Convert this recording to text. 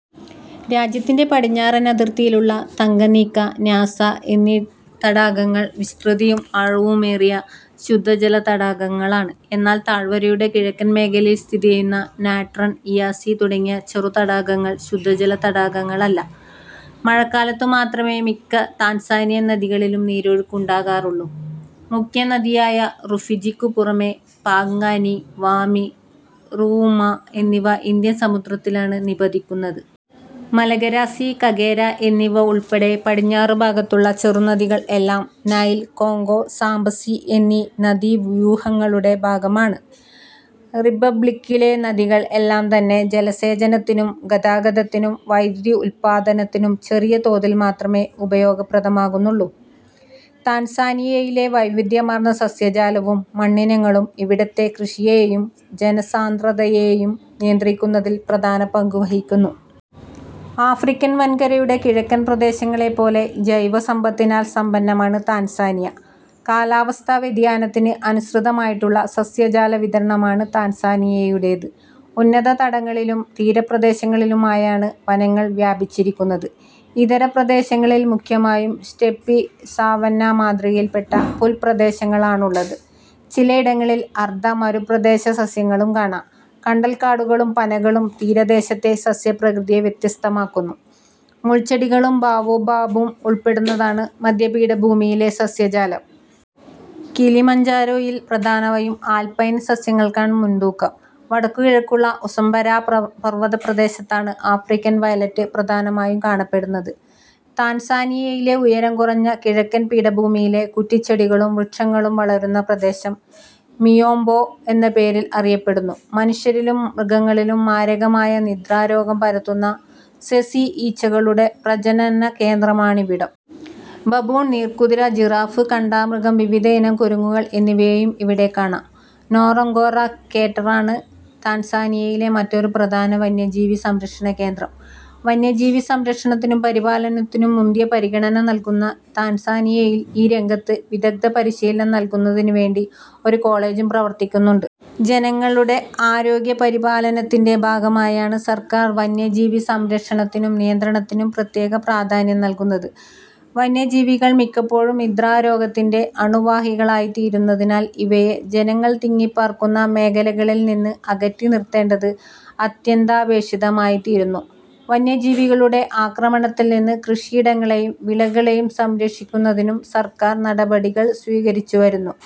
രാജ്യത്തിന്റെ പടിഞ്ഞാറൻ അതിർത്തിയിലുള്ള തങ്കനീക്ക, ന്യാസ എന്നീ തടാകങ്ങൾ വിസ്തൃതിയും ആഴവുമേറിയ ശുദ്ധജല തടാകങ്ങളാണ്. എന്നാൽ താഴ്വരയുടെ കിഴക്കൻ മേഖലയിൽ സ്ഥിതിചെയ്യുന്ന നാട്രൺ, ഇയാസി തുടങ്ങിയ ചെറുതടാകങ്ങൾ ശുദ്ധജലതടാകങ്ങളല്ല. മഴക്കാലത്തു മാത്രമേ മിക്ക താൻസാനിയൻ നദികളിലും നീരൊഴുക്ക് ഉണ്ടാകാറുള്ളൂ. മുഖ്യ നദിയായ റുഫിജിക്കു പുറമേ പാങ്ഗാനി, വാമി, റുവുമ എന്നിവ ഇന്ത്യൻ സമുദ്രത്തിലാണ് നിപതിക്കുന്നത്. മലഗരാസി, കഗേര എന്നിവ ഉൾപ്പെടെ പടിഞ്ഞാറുഭാഗത്തുള്ള ചെറുനദികൾ എല്ലാം നൈൽ, കോങ്ഗോ, സാംബസി എന്നീ നദീവ്യൂഹങ്ങളുടെ ഭാഗമാണ്. റിപ്പബ്ളിക്കിലെ നദികൾ എല്ലാംതന്നെ ജലസേചനത്തിനും ഗതാഗതത്തിനും വൈദ്യുതി ഉത്പാദനത്തിനും ചെറിയ തോതിൽ മാത്രമേ ഉപയോഗപ്രദമാകുന്നുള്ളൂ. താൻസാനിയയിലെ വൈവിധ്യമാർന്ന സസ്യജാലവും മണ്ണിനങ്ങളും ഇവിടത്തെ കൃഷിയേയും ജനസാന്ദ്രതയേയും നിയന്ത്രിക്കുന്നതിൽ പ്രധാന പങ്കുവഹിക്കുന്നു. ആഫ്രിക്കൻ വൻകരയുടെ കിഴക്കൻ പ്രദേശങ്ങളെപ്പോലെ ജൈവസമ്പത്തിനാൽ സമ്പന്നമാണ് താൻസാനിയ. കാലാവസ്ഥാ വ്യതിയാനത്തിന് അനുസൃതമായിട്ടുള്ള സസ്യജാല വിതരണമാണ് താൻസാനിയയുടേത്. ഉന്നതതടങ്ങളിലും തീരപ്രദേശങ്ങളിലുമായാണ് വനങ്ങൾ വ്യാപിച്ചിരിക്കുന്നത്. ഇതര പ്രദേശങ്ങളിൽ മുഖ്യമായും സ്റ്റെപ്പി-സാവന്ന മാതൃകയിൽപ്പെട്ട പുൽപ്രദേശങ്ങളാണുള്ളത്. ചിലയിടങ്ങളിൽ അർധ മരുപ്രദേശസസ്യങ്ങളും കാണാം. കണ്ടൽക്കാടുകളും പനകളും തീരദേശത്തെ സസ്യപ്രകൃതിയെ വ്യത്യസ്തമാക്കുന്നു. മുൾച്ചെടികളും ബാവോ ബാബും ഉൾപ്പെടുന്നതാണ് മധ്യപീഠഭൂമിയിലെ സസ്യജാലം. കിലിമഞ്ജാരോയിൽ പ്രധാനമായും ആൽപൈൻ സസ്യങ്ങൾക്കാണ് മുൻതൂക്കം. വ. കിഴക്കുള്ള ഉസംബരാ പർവതപ്രദേശത്താണ് 'ആഫ്രിക്കൻ വയലറ്റ്' പ്രധാനമായും കാണപ്പെടുന്നത്. താൻസാനിയയിലെ ഉയരം കുറഞ്ഞ കിഴക്കൻ പീഠഭൂമിയിലെ കുറ്റിച്ചെടികളും വൃക്ഷങ്ങളും വളരുന്ന പ്രദേശം മിയോംബോ എന്ന പേരിൽ അറിയപ്പെടുന്നു. മനുഷ്യരിലും മൃഗങ്ങളിലും മാരകമായ നിദ്രാരോഗം പരത്തുന്ന സെസി ഈച്ചകളുടെ പ്രജനനകേന്ദ്രമാണിവിടം. ബബൂൺ, നീർക്കുതിര, ജിറാഫ്, കാണ്ടാമൃഗം, വിവിധയിനം കുരങ്ങുകൾ എന്നിവയെയും ഇവിടെ കാണാം. നോറംഗോറ ക്രേറ്ററാണ് താൻസാനിയയിലെ മറ്റൊരു പ്രധാന വന്യജീവി സംരക്ഷണ കേന്ദ്രം. വന്യജീവി സംരക്ഷണത്തിനും പരിപാലനത്തിനും മുന്തിയ പരിഗണന നല്കുന്ന താൻസാനിയയിൽ ഈ രംഗത്ത് വിദഗ്ദ്ധ പരിശീലനം നല്കുന്നതിനു വേണ്ടി ഒരു കോളജും പ്രവർത്തിക്കുന്നുണ്ട്. ജനങ്ങളുടെ ആരോഗ്യ പരിപാലനത്തിന്റെ ഭാഗമായാണ് സർക്കാർ വന്യജീവി സംരക്ഷണത്തിനും നിയന്ത്രണത്തിനും പ്രത്യേക പ്രാധാന്യം നല്കുന്നത്. വന്യജീവികൾ മിക്കപ്പോഴും നിദ്രാരോഗത്തിന്റെ അണുവാഹികളായിത്തീരുന്നതിനാൽ ഇവയെ ജനങ്ങൾ തിങ്ങിപ്പാർക്കുന്ന മേഖലകളിൽ നിന്ന് അകറ്റി നിർത്തേണ്ടത് അത്യന്താപേക്ഷിതമായി തീരുന്നു. വന്യജീവികളുടെ ആക്രമണത്തിൽ നിന്ന് കൃഷിയിടങ്ങളേയും വിളകളേയും സംരക്ഷിക്കുന്നതിനും സർക്കാർ നടപടികൾ സ്വീകരിച്ചുവരുന്നു.